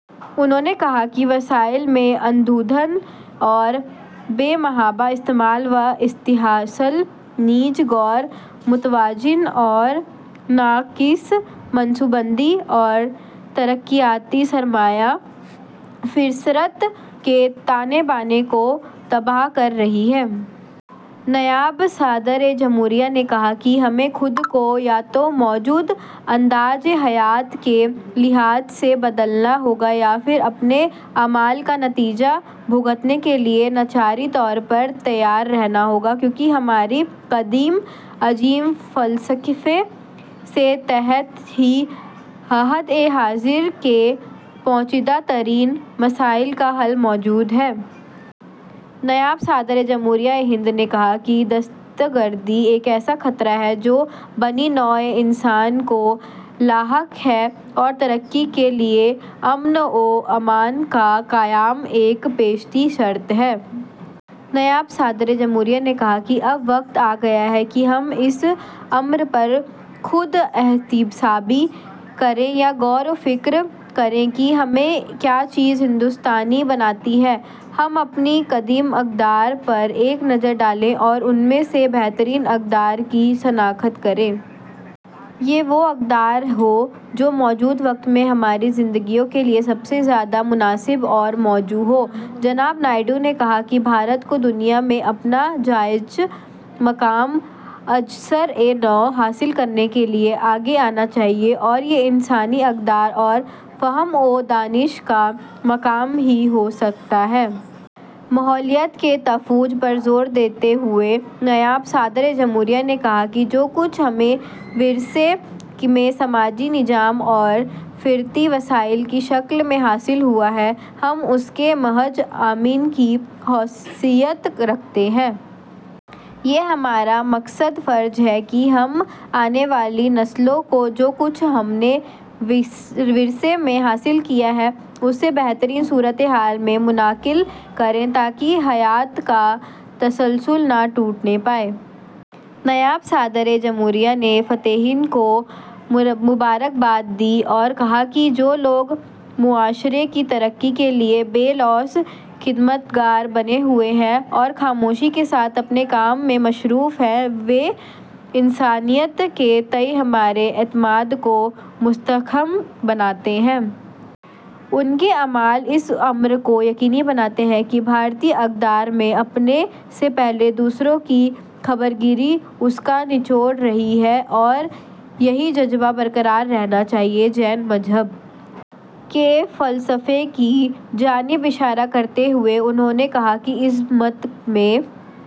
انہوں نے کہا کہ وسائل کے اندھا دھند اور بے محابہ استعمال اور استحصال نیز غیر متوازن اور ناقص منصوبہ بندی اور ترقیاتی سرگرمیاں، فطرت کے تانے بانے کو تباہ کر رہی ہیں۔ نائب صدر جمہوریہ نے کہا کہ ہمیں اپنے آپ کو یا تو موجودہ انداز حیات کے لحاظ سے بدلنا ہوگا یا پھر اپنے اعمال کا نتیجہ بھگتنے کے لیے ناگزیر طور پر تیار رہنا ہوگا، کیونکہ ہماری قدیم عظیم فلسفے کے تحت ہی عہد حاضر کے پیچیدہ ترین مسائل کا حل موجود ہے۔ نائب صدر جمہوریہ ہند نے کہا کہ دہشت گردی ایک ایسا خطرہ ہے جو بنی نوع انسان کو لاحق ہے اور ترقی کے لیے امن و امان کا قیام ایک پیشگی شرط ہے۔ نائب صدر جمہوریہ نے کہا کہ اب وقت آگیا ہے کہ ہم اس امر پر خود احتسابی اختیار کریں یا غور و فکر کریں کہ ہمیں کیا چیز ہندوستانی بناتی ہے۔ ہم اپنی قدیم اقدار پر ایک نظر ڈالیں اور ان میں سے بہترین اقدار کی شناخت کریں۔ یہ وہ اقدار ہوں جو موجودہ وقت میں ہماری زندگیوں کے لیے سب سے زیادہ مناسبت کی حامل ہوں۔ جناب نائیڈو نے کہا کہ بھارت کو دنیا میں اپنا جائز مقام ازسرنو حاصل کرنے کے لیے آگے آنا چاہیے اور یہ انسانی اقدار اور فہم و دانش کا مقام ہی ہو سکتا ہے۔ ماحولیات کے تحفظ پر زور دیتے ہوئے نائب صدر جمہوریہ نے کہا کہ جو کچھ ہمیں ورثے میں سماجی نظام اور فطری وسائل کی شکل میں حاصل ہوا ہے، ہم اس کے محض امین کی حیثیت رکھتے ہیں۔ یہ ہمارا مقدس فریضہ ہے کہ ہم آنے والی نسلوں کو جو کچھ ہم نے ورثے میں حاصل کیا ہے، اسے بہترین صورتحال میں منتقل کریں تاکہ حیات کا تسلسل نہ ٹوٹنے پائے۔ نائب صدر جمہوریہ نے فاتحین کو مبارکباد دی اور کہا کہ جو لوگ معاشرے کی ترقی کے لیے بے لوث خدمت گار بنے ہوئے ہیں اور خاموشی کے ساتھ اپنے کام میں مصروف ہیں، وہ انسانیت کے تئیں ہمارے اعتماد کو مستحکم بناتے ہیں۔ ان کے اعمال اس امر کو یقینی بناتے ہیں کہ بھارتی اقدار میں اپنے سے پہلے دوسرے کی خبر گیری اس کا نچوڑ رہی ہے اور یہی جذبہ برقرار رہنا چاہیے۔ جین مت کے فلسفے کی جانب اشارہ کرتے ہوئے انہوں نے کہا کہ اس مت میں